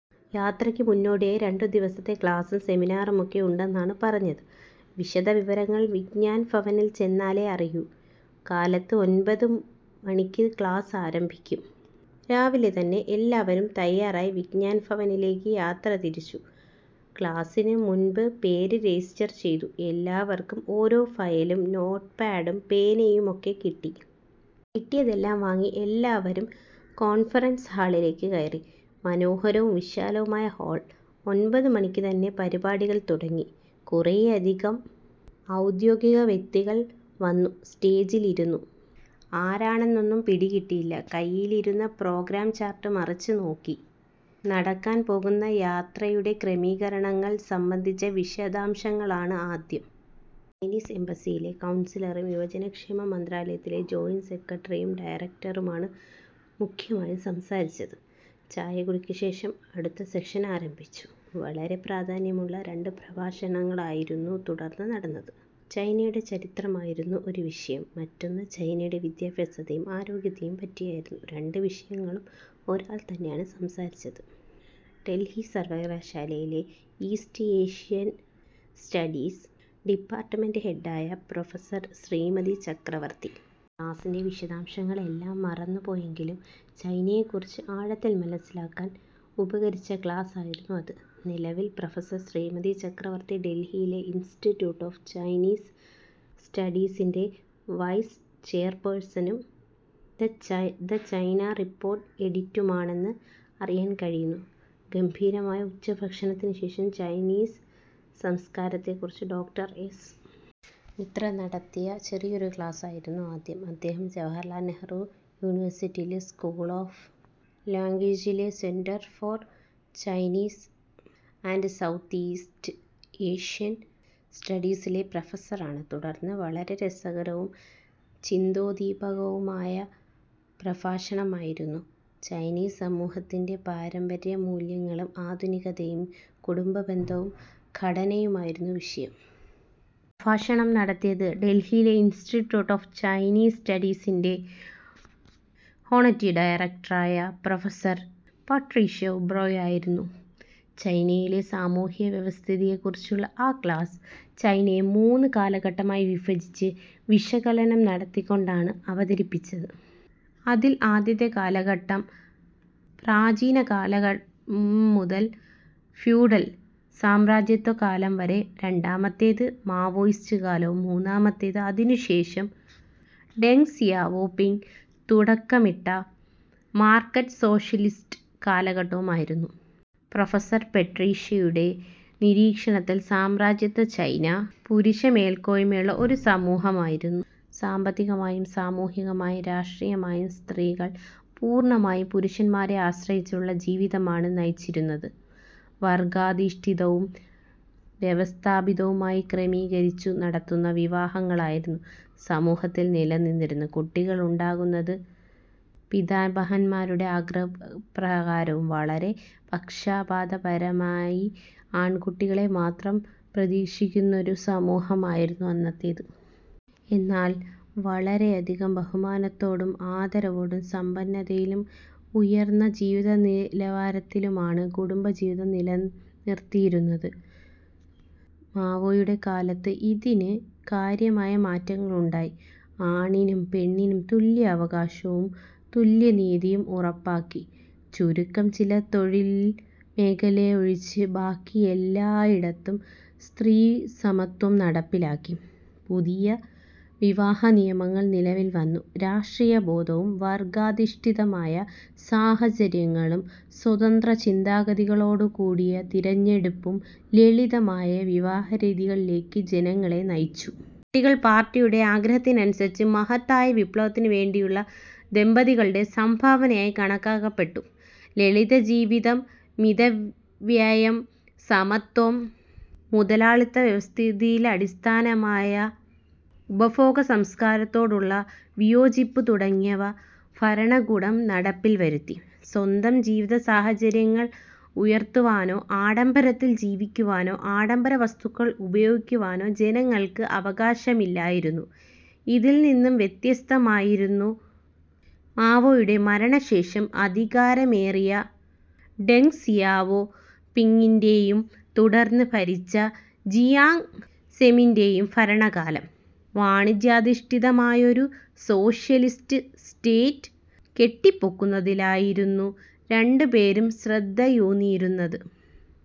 യാത്രയ്ക്ക് മുന്നോടിയായി രണ്ടു ദിവസത്തെ ക്ലാസും സെമിനാറുമൊക്കെ ഉണ്ടെന്നാണ് പറഞ്ഞത്. വിശദവിവരങ്ങൾ വിജ്ഞാൻ ഭവനിൽ ചെന്നാലേ അറിയൂ. കാലത്ത് ഒൻപതു മണിക്ക് ക്ലാസ് ആരംഭിക്കും. രാവിലെ തന്നെ എല്ലാവരും തയ്യാറായി വിജ്ഞാൻ ഭവനിലേക്ക് യാത്രതിരിച്ചു. ക്ലാസിന് മുൻപ് പേര് രജിസ്റ്റർ ചെയ്തു. എല്ലാവർക്കും ഓരോ ഫയലും നോട്ട്പാഡും പേനയുമൊക്കെ കിട്ടി. കിട്ടിയതെല്ലാം വാങ്ങി എല്ലാവരും കോൺഫറൻസ് ഹാളിലേക്ക് കയറി. മനോഹരവും വിശാലവുമായ ഹാൾ. ഒൻപതുമണിക്ക് തന്നെ പരിപാടികൾ തുടങ്ങി. കുറെയധികം ഔദ്യോഗിക വ്യക്തികൾ വന്നു സ്റ്റേജിൽ ഇരുന്നു. ആരാണെന്നൊന്നും പിടികിട്ടിയില്ല. കൈയിലിരുന്ന പ്രോഗ്രാം ചാർട്ട് മറിച്ച് നോക്കി. നടക്കാൻ പോകുന്ന യാത്രയുടെ ക്രമീകരണങ്ങൾ സംബന്ധിച്ച വിശദാംശങ്ങളാണ് ആദ്യം. ചൈനീസ് എംബസിയിലെ കൗൺസിലറും യുവജനക്ഷേമ മന്ത്രാലയത്തിലെ ജോയിൻ്റ് സെക്രട്ടറിയും ഡയറക്ടറുമാണ് മുഖ്യമായും സംസാരിച്ചത്. ചായകുടിക്ക് ശേഷം അടുത്ത സെഷൻ ആരംഭിച്ചു. വളരെ പ്രാധാന്യമുള്ള രണ്ടു പ്രഭാഷണങ്ങളായിരുന്നു തുടർന്ന് നടന്നത്. ചൈനയുടെ ചരിത്രമായിരുന്നു ഒരു വിഷയം. മറ്റൊന്ന് ചൈനയിലെ വിദ്യാഭ്യാസത്തെയും ആരോഗ്യത്തെയും പറ്റിയായിരുന്നു. രണ്ടു വിഷയവും ഒരാൾ തന്നെയാണ് സംസാരിച്ചത്; ഡൽഹി സർവ്വകലാശാലയിലെ east Asian studies department head ആയ പ്രൊഫസർ ശ്രീമതി ചക്രവർത്തി. ക്ലാസിൻ്റെ വിശദാംശങ്ങൾ എല്ലാം മറന്നുപോയെങ്കിലും ചൈനയെക്കുറിച്ച് ആഴത്തിൽ മനസ്സിലാക്കാൻ ഉപകരിച്ച ക്ലാസ്സ് ആയിരുന്നു അത്. നിലവിൽ പ്രൊഫസർ ശ്രീമതി ചക്രവർത്തി ഡൽഹിയിലെ ഇൻസ്റ്റിറ്റ്യൂട്ട് ഓഫ് ചൈനീസ് സ്റ്റഡീസിൻ്റെ വൈസ് ചെയർപേഴ്സണും 'ദ ചൈന റിപ്പോർട്ട്' എഡിറ്ററുമാണെന്ന് അറിയാൻ കഴിയുന്നു. ഗംഭീരമായ ഉച്ചഭക്ഷണത്തിന് ശേഷം ചൈനീസ് സംസ്കാരത്തെക്കുറിച്ച് ഡോക്ടർ എസ്. മിത്ര നടത്തിയ ചെറിയൊരു ക്ലാസ് ആയിരുന്നു ആദ്യം. അദ്ദേഹം ജവഹർലാൽ നെഹ്റു യൂണിവേഴ്സിറ്റിയിലെ സ്കൂൾ ഓഫ് ലാംഗ്വേജിലെ centre for Chinese and south east Asian സ്റ്റഡീസിലെ പ്രൊഫസറാണ്. തുടർന്ന് വളരെ രസകരവും ചിന്തോദ്ദീപകവുമായ പ്രഭാഷണമായിരുന്നു. ചൈനീസ് സമൂഹത്തിൻ്റെ പാരമ്പര്യമൂല്യങ്ങളും ആധുനികതയും, കുടുംബബന്ധവും ഘടനയുമായിരുന്നു വിഷയം. പ്രഭാഷണം നടത്തിയത് ഡൽഹിയിലെ ഇൻസ്റ്റിറ്റ്യൂട്ട് ഓഫ് ചൈനീസ് സ്റ്റഡീസിൻ്റെ ഹോണററി ഡയറക്ടറായ പ്രൊഫസർ പട്രീഷ്യ ഉബറോയ് ആയിരുന്നു. ചൈനയിലെ സാമൂഹ്യവ്യവസ്ഥിതിയെക്കുറിച്ചുള്ള ആ ക്ലാസ്, ചൈനയെ മൂന്ന് കാലഘട്ടമായി വിഭജിച്ച് വിശകലനം നടത്തിക്കൊണ്ടാണ് അവതരിപ്പിച്ചത്. അതിൽ ആദ്യത്തെ കാലഘട്ടം പ്രാചീന കാലം മുതൽ ഫ്യൂഡൽ, സാമ്രാജ്യത്വകാലം വരെയും; രണ്ടാമത്തേത് മാവോയിസ്റ്റ് കാലവും; മൂന്നാമത്തേത് അതിനുശേഷം ഡെങ് സിയാവോ പിങ് തുടക്കമിട്ട മാർക്കറ്റ് സോഷ്യലിസ്റ്റ് കാലഘട്ടവുമായിരുന്നു. പ്രൊഫസർ പട്രീഷ്യയുടെ നിരീക്ഷണത്തിൽ സാമ്രാജ്യത്വ ചൈന പുരുഷമേൽക്കോയ്മയുള്ള ഒരു സമൂഹമായിരുന്നു. സാമ്പത്തികമായും സാമൂഹികമായും രാഷ്ട്രീയമായും സ്ത്രീകൾ പൂർണ്ണമായും പുരുഷന്മാരെ ആശ്രയിച്ചുള്ള ജീവിതമാണ് നയിച്ചിരുന്നത്. വർഗ്ഗാധിഷ്ഠിതവും വ്യവസ്ഥാപിതവുമായി ക്രമീകരിച്ചു നടത്തുന്ന വിവാഹങ്ങളായിരുന്നു സമൂഹത്തിൽ നിലനിന്നിരുന്നത്. കുട്ടികൾ ഉണ്ടാകുന്നത് പിതാമഹന്മാരുടെ ആഗ്രഹപ്രകാരവും. വളരെ പക്ഷാപാതപരമായി ആൺകുട്ടികളെ മാത്രം പ്രതീക്ഷിക്കുന്നൊരു സമൂഹമായിരുന്നു അന്നത്തേത്. എന്നാൽ വളരെയധികം ബഹുമാനത്തോടും ആദരവോടും സമ്പന്നതയിലും ഉയർന്ന ജീവിതനിലവാരത്തിലുമാണ് കുടുംബജീവിതം നിലനിർത്തിയിരുന്നത്. മാവോയുടെ കാലത്ത് ഇതിന് കാര്യമായ മാറ്റങ്ങൾ ഉണ്ടായി. ആണ്ണിനും പെണ്ണിനും തുല്യാവകാശവും തുല്യനീതിയും ഉറപ്പാക്കി. ചുരുക്കം ചില തൊഴിൽ മേഖലകളിലൊഴിച്ച് ബാക്കിയെല്ലായിടത്തും സ്ത്രീസമത്വം നടപ്പിലാക്കി. പുതിയ വിവാഹനിയമങ്ങൾ നിലവിൽ വന്നു. രാഷ്ട്രീയബോധ്യവും വർഗ്ഗാധിഷ്ഠിതമായ സാഹചര്യങ്ങളും സ്വതന്ത്രചിന്താഗതികളോടുകൂടിയ തിരഞ്ഞെടുപ്പും ലളിതമായ വിവാഹരീതികളിലേക്ക് ജനങ്ങളെ നയിച്ചു. കുട്ടികൾ പാർട്ടിയുടെ ആഗ്രഹത്തിനനുസരിച്ച് മഹത്തായ വിപ്ലവത്തിന് വേണ്ടിയുള്ള ദമ്പതികളുടെ സംഭാവനയായി കണക്കാക്കപ്പെട്ടു. ലളിതജീവിതം, മിതവ്യയം, സമത്വം, മുതലാളിത്ത വ്യവസ്ഥിതിയിലടിസ്ഥാനമായ ഉപഭോഗസംസ്കാരത്തോടുള്ള വിയോജിപ്പ് തുടങ്ങിയവ ഭരണകൂടം നടപ്പിൽ വരുത്തി. സ്വന്തം ജീവിതസാഹചര്യങ്ങൾ ഉയർത്തുവാനോ ആഡംബരത്തിൽ ജീവിക്കുവാനോ ആഡംബര വസ്തുക്കൾ ഉപയോഗിക്കുവാനോ ജനങ്ങൾക്ക് അവകാശമില്ലായിരുന്നു. ഇതിൽ നിന്നും വ്യത്യസ്തമായിരുന്നു മാവോയുടെ മരണശേഷം അധികാരമേറിയ ഡെങ് സിയാവോ പിങ്ങിൻ്റെയും തുടർന്ന് ഭരിച്ച ജിയാങ് സെമിൻ്റെയും ഭരണകാലം. വാണിജ്യാധിഷ്ഠിതമായൊരു സോഷ്യലിസ്റ്റ് സ്റ്റേറ്റ് കെട്ടിപ്പൊക്കുന്നതിലായിരുന്നു രണ്ടുപേരും ശ്രദ്ധയൂന്നിയിരുന്നത്.